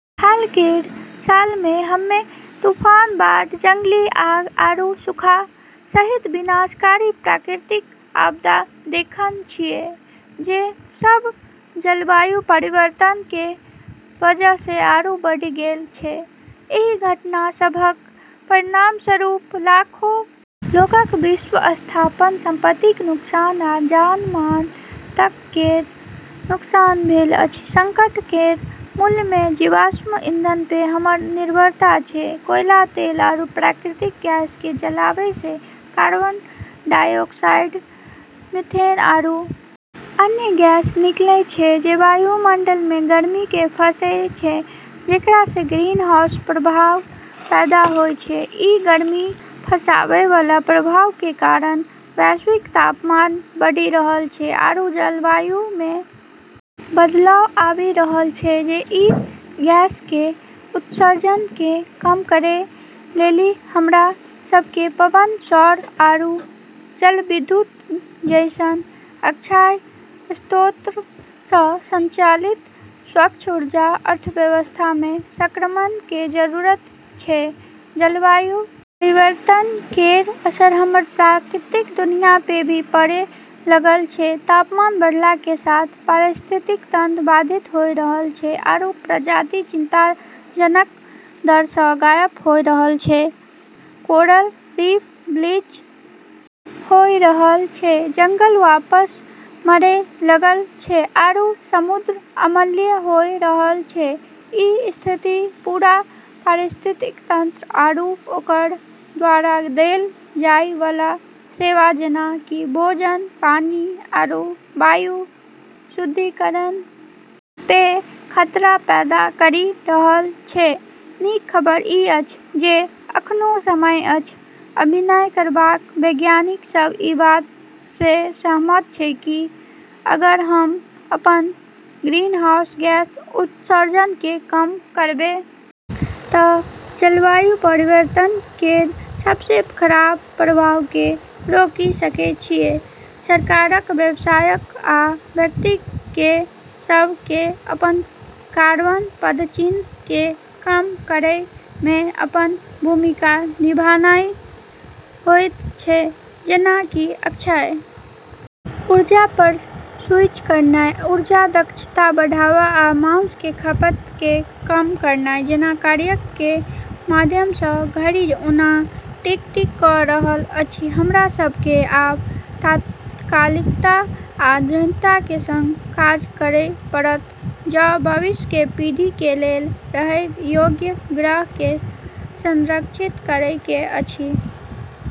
हाल केरऽ सालऽ मे हम्में तूफान, बाढ़, जंगली आग, आरू सूखा सहित विनाशकारी प्राकृतिक आपदा देखन॑ छियै जे सब जलवायु परिवर्तन के वजह से आरू बढ़ी गेलऽ छै, एहि घटना सभक परिणामस्वरूप लाखों लोकक विस्थापन, संपत्तिक नुकसान आ जान-माल तक केर नुकसान भेल अछि, संकट केरऽ मूल मे जीवाश्म ईंधन पे हमरऽ निर्भरता छै, कोयला, तेल आरू प्राकृतिक गैस के जलाबै से कार्बन डाइऑक्साइड, मीथेन आरू अन्य गैस निकलै छै जे वायुमंडल मे गर्मी के फंसै छै जेकरा से ग्रीनहाउस प्रभाव पैदा होय छै, ई गर्मी फँसाबै वाला प्रभाव के कारण वैश्विक तापमान बढ़ी रहलऽ छै आरू जलवायु मे बदलाव आबी रहलऽ छै, ई गैसऽ के उत्सर्जन के कम करै लेली हमरा सब के पवन, सौर आरू जलविद्युत जैसनऽ अक्षय स्रोतऽ स संचालित स्वच्छ ऊर्जा अर्थव्यवस्था मे संक्रमण के जरूरत छै, जलवायु परिवर्तन केरऽ असर हमरऽ प्राकृतिक दुनिया पे भी पड़े लगलऽ छै, तापमान बढ़ला के साथ पारिस्थितिकी तंत्र बाधित होय रहलऽ छै आरू प्रजाति चिंताजनक दर से गायब होय रहलऽ छै, कोरल रीफ ब्लीच होय रहलऽ छै, जंगल वापस मरै लगलऽ छै आरू समुद्र अम्लीय होय रहलऽ छै, ई स्थिति पूरा पारिस्थितिकी तंत्र आरू ओकरऽ द्वारा देलऽ जाय वाला सेवा जेना कि भोजन, पानी आरू वायु शुद्धिकरण पे खतरा पैदा करी रहलऽ छै, नीक खबर ई अछि जे एखनो समय अछि अभिनय करबाक, वैज्ञानिक सब ई बात से सहमत छै कि अगर हम्मं अपनऽ ग्रीनहाउस गैस उत्सर्जन के कम करबै त जलवायु परिवर्तन केरऽ सबसें खराब प्रभाव के रोकी सकै छियै, सरकारक, व्यवसायक आ व्यक्तिक कें सब कें अपन कार्बन पदचिह्न कें कम करय मे अपन भूमिका निभानाय होयत छै जेना कि अक्षय ऊर्जा पर स्विच करनाय, ऊर्जा दक्षता बढ़ावा, आ मांस कें खपत कें कम करनाय जैना कार्यक कें माध्यम सं, घड़ी ओना टिक-टिक क रहल अछि, हमरा सब के आब तात्कालिकता आ दृढ़ता के संग काज करय पड़त जं भविष्य के पीढ़ी के लेल रहय योग्य ग्रह के संरक्षित करय के अछि।